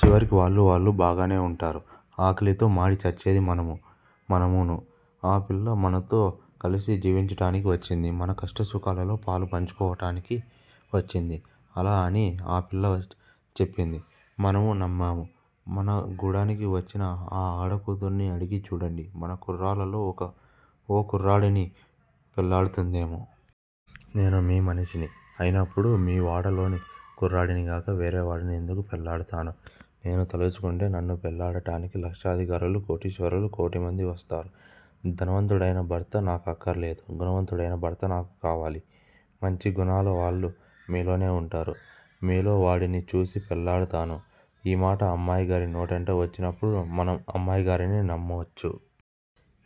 చివరికి వాళ్ళూ వాళ్ళూ బాగానే వుంటారు. ఆకలితో మాడి చచ్చేది మనమూ మనమూను. ఆ పిల్ల మనతో కలిసి జీవించటానికి వచ్చింది మన కష్టసుఖాలలో పాలు పంచుకోవటానికి వచ్చింది. అలా అని ఆ పిల్ల చెప్పింది. మనము నమ్మాము. మన గూడానికి వచ్చిన ఆ ఆడకూతుర్ని అడిగి చూడండి మన కుర్రాళ్ళలో ఓ కుర్రాడిని పెళ్ళాడుతుందేమో! నేను మీ మనిషిని అయినప్పుడు మీ వాడలోని కుర్రాడినిగాక వేరేవాడిని యెందుకు పెళ్ళాడుతాను! నేను తలుచుకుంటే నన్ను పెళ్ళాడటానికి లక్షాధికారులు, కోటీశ్వరులు కోటిమంది వస్తారు. ధనవంతుడయిన భర్త నాకు అక్కరలేదు. గుణవంతుడయిన భర్త నాకు కావాలి. మంచి గుణాలవాళ్ళు మీలోనే వుంటారు. మీలో వాడిని చూసి పెళ్ళాడతాను ఈమాట అమ్మాయిగారి నోటంట వచ్చిననాడు మనం అమ్మాయిగారిని నమ్మొచ్చు.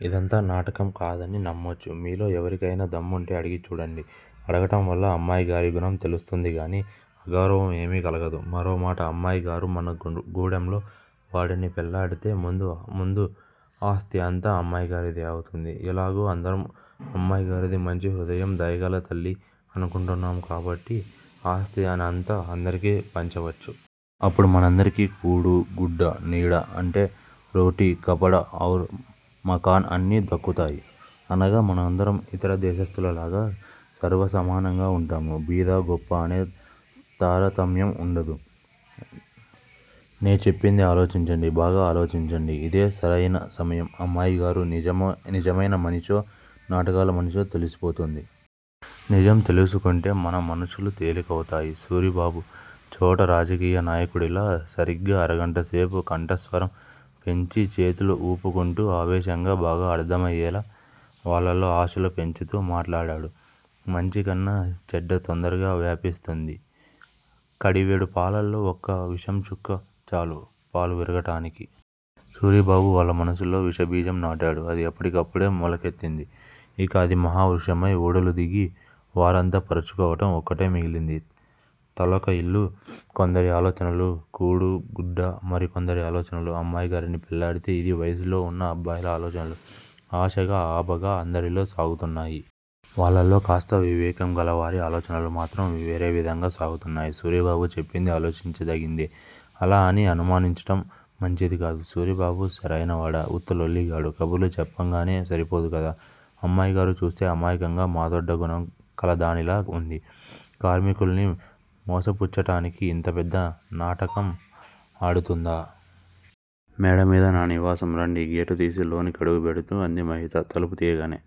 ఇదంతా నాటకం కాదని నమ్మొచ్చు. మీలో యెవరికయినా దమ్ముంటే అడిగి చూడండి. అడగటంవల్ల అమ్మాయిగారి గుణం తెలుస్తుందిగాని అగౌరవం ఏమీ కలగదు. మరో మాట అమ్మాయిగారు మన గూడెంలో వాడిని పెళ్ళాడితే ముందు ముందు ఆస్తీ అంతా అమ్మాయిగారిది అవుతుంది ఎలాగూ అందరం అమ్మాయిగారిది మంచి హృదయం, దయగల తల్లి అనుకుంటున్నాము కాబట్టి ఆస్తినంతా అందరికీ పంచవచ్చు. అప్పుడు మనందరికి కూడు గుడ్డ నీడ అంటే రోటీ కపడ ఔర్ మకాన్ అన్ని దక్కుతాయి. అనగ మనందరం ఇతర దేశస్తులలాగ సర్వసమానంగా వుంటాము. బీద గొప్ప అనే తారతమ్యం వుండదు. నేచెప్పింది ఆలోచించండి బాగా ఆలోచించండి. ఇదే సరయిన సమయం అమ్మాయిగారు నిజమైన మనిషో, నాటకాల మనిషో తెలిసిపోతుంది. నిజం తెలుసుకుంటే మన మనసులు తేలికవుతాయి సూరిబాబు ఛోటా రాజకీయ నాయకుడిలా సరిగ్గా అరగంటసేపు కంఠస్వరం పెంచి చేతులు ఊపుకుంటూ ఆవేశంగా బాగా అర్ధమయేలా వాళ్ళలో ఆశలు పెంచుతూ మాట్లాడాడు. మంచికన్నా చెడ్డ తొందరగా వ్యాపిస్తుంది. కడివెడు పాలల్లో ఒక విషంచుక్క చాలు పాలు విరగటానికి. సూరిబాబు వాళ్ళ మనసుల్లో విషబీజం నాటాడు. అది అప్పటికప్పుడే మొలకెత్తింది. ఇక అది మహావృక్షమై ఊడలుదిగి వూరంతా పరుచుకోవటం ఒక్కటే మిగిలింది. తలొక ఇల్లు కొందరి ఆలోచనలు. కూడుగుడ్డ మరికొందరి ఆలోచనలు అమ్మాయిగారిని పెళ్ళాడితే! ఇది వయసులో వున్న అబ్బాయిల ఆలోచనలు! ఆశగా ఆబగా అందరిలో సాగుతున్నాయి. వాళ్ళల్లో కాస్త వివేకంగల వారి ఆలోచనలు మాత్రం వేరేవిధంగా సాగుతున్నాయి. సూరిబాబు చెప్పింది ఆలోచించదగిందే అలా అని అనుమానించటం మంచిదికాదు. సూరిబాబు సరయినవాడా! ఉత్తలొల్లి గాడు. కబుర్లు చెప్పంగానే సరిపోదు కదా? అమ్మాయిగారు చూస్తే అమాయకంగా మాదొడ్డ గుణం కలదానిలా వుంది. కార్మికురాల్ని మోసపుచ్చటానికి ఇంత పెద్ద నాటకం ఆడుతుందా? మేడమీద నా నివాసం రండి గేటుతీసి లోని కడుగుబెడుతూ అంది మహిత. తలుపు తీయగానే